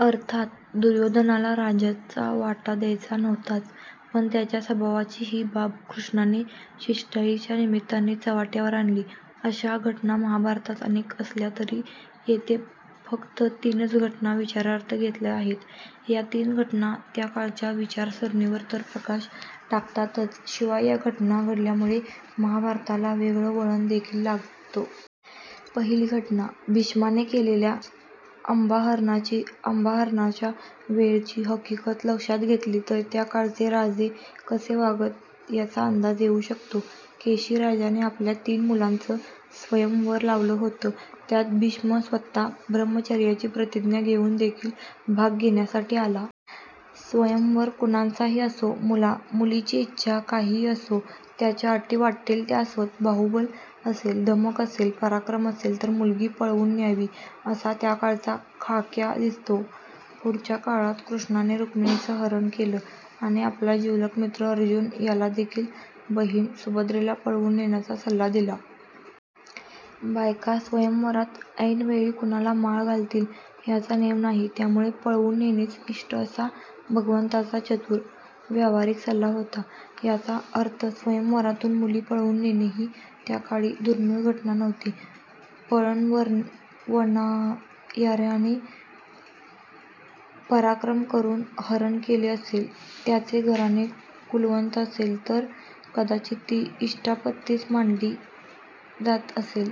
अर्थात दुर्योधनाला राज्याचा वाटा द्यायचा नव्हताच. पण त्याच्या स्वभावाची ही बाब कृष्णाने शिष्टाईच्या निमित्ताने चव्हाट्यावर आणली. अशा घटना महाभारतात अनेक असल्या तरी येथे फक्त तीनच घटना विचारार्थ घेतल्या आहेत. या तीन घटना त्या काळच्या विचारसरणीवर तर प्रकाश टाकतातच शिवाय या घटना घडल्यामुळे महाभारताला वेगळं वळण देखिल लागतं. पहिली घटना भीष्माने केलेल्या अम्बाहरणाची. अम्बाहरणाच्या वेळची हकीकत लक्षात घेतली तर त्या काळचे राजे कसे वागत याचा अंदाज येऊ शकतो. केशीराजाने आपल्या तीन मुलींचं स्वयंवर लावलं होतं. त्यात भीष्म स्वतः ब्रह्मचर्याची प्रतिज्ञा घेऊन देखिल भाग घेण्यासाठी आला. स्वयंवर कुणाचंही असो. मुलीची इच्छा काहीही असो. त्याच्या अटी वाट्टेल त्या असोत. बाहुबल असेल, धमक असेल, पराक्रम असेल तर मुलगी पळवुन न्यावी असा त्याकाळचा खाक्या दिसतो. पुढच्या काळात कृष्णाने रुक्मिणीचं हरण केलं आणि आपला जिवलग मित्र अर्जुन याला देखिल बहिण सुभद्रेला पळवुन नेण्याचा सल्ला दिला. बायका स्वयंवरात ऐनवेळी कुणाला माळ घालतील याचा नेम नाही त्यामुळे पळवुन नेणेच इष्ट असा भगवंताचा चतुर, व्यावहारिक सल्ला होता. याचा अर्थ स्वयंवरातुन मुली पळवुन नेणे ही त्याकाळी दुर्मिळ घटना नव्हती. पळवणार्याने पराक्रम करुन हरण केले असेल, त्याचे घराणे कुलवंत असेल तर कदाचित ती इष्टापत्तीच मानली जात असेल.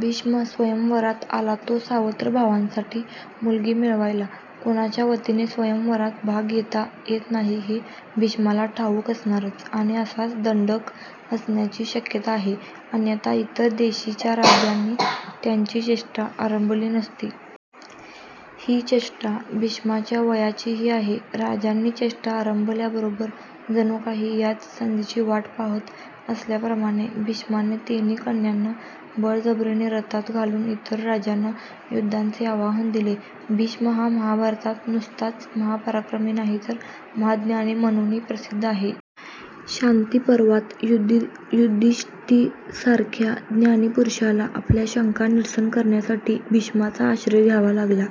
भीष्म स्वयंवरात आला तो सावत्र भावांसाठी मुलगी मिळवायला. कुणाच्या वतीने स्वयंवरात भाग घेता येत नाही हे भीष्माला ठाऊक असणारच. आणि असाच दंडक असण्याची शक्यता आहे. अन्यथा इतर देशीच्या रा़जांनी त्याची चेष्टा आरंभली नसती. ही चेष्टा भीष्माच्या वयाचीही आहे. राजांनी चेष्टा आरंभल्याबरोबर जणुकाही याच संधीची वाट पाहात असल्याप्रमाणे भीष्माने तिन्ही कन्यांना बळजबरीने रथात घालुन इतर राजांना युद्धाचे आव्हान दिले. भीष्म हा महाभारतात नुसताच महापराक्रमी नाही तर महाज्ञानी म्हणुनही प्रसिद्ध आहे. शांतीपर्वात युधिष्ठीरासारख्या ज्ञानी पुरुषाला आपल्या शंका निरसन करण्यासाठी भीष्माचा आश्रय घ्यावा लागला.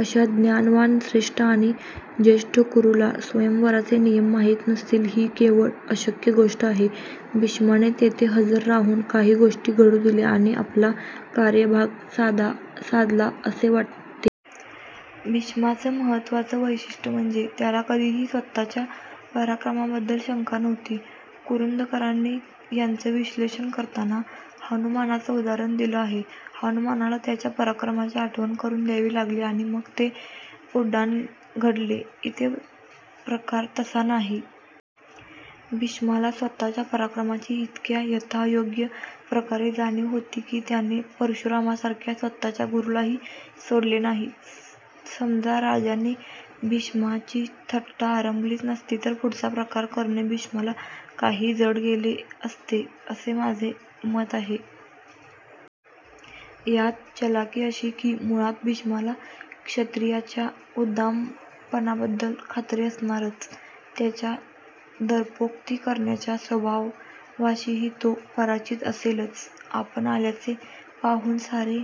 अशा ज्ञानवान, श्रेष्ठ आणि ज्येष्ठ कुरुला स्वयंवराचे नियम माहित नसतील ही केवळ अशक्य गोष्ट आहे. भीष्माने तेथे हजर राहुन काही गोष्टी घडु दिल्या आणि आपला कार्यभाग साधला असे वाटते. भीष्माचं महत्त्वाचं वैशिष्ट्य म्हणजे त्याला कधीही स्वतःच्या पराक्रमाबद्दल शंका नव्हती. कुरुंदकरांनी याचं विश्लेषण करताना हनुमानाचं उदाहरण दिलं आहे. हनुमानाला त्याच्या पराक्रमाची आठवण करुन द्यावी लागली आणि मग ते उड्डाण घडले. इथे प्रकार तसा नाही. भीष्माला स्वतःच्या पराक्रमाची इतक्या यथायोग्य प्रकारे जाणीव होती की त्याने परशुरामासारख्या स्वतःच्या गुरुलाही सोडले नाही. समजा राजांनी भीष्माची थट्टा आरंभलीच नसती तर पुढचा प्रकार करणे भीष्माला काहीसे जड गेले असते असे माझे मत आहे. यात चलाखि अशी कि मुळात भीष्माला क्षत्रियांच्या उद्दामपणाबद्दल खात्री असणारच. त्यांच्या दर्पोक्ती करण्याच्या स्वभावाशीही तो परिचित असेलच. आपण आल्याचे पाहुन सारे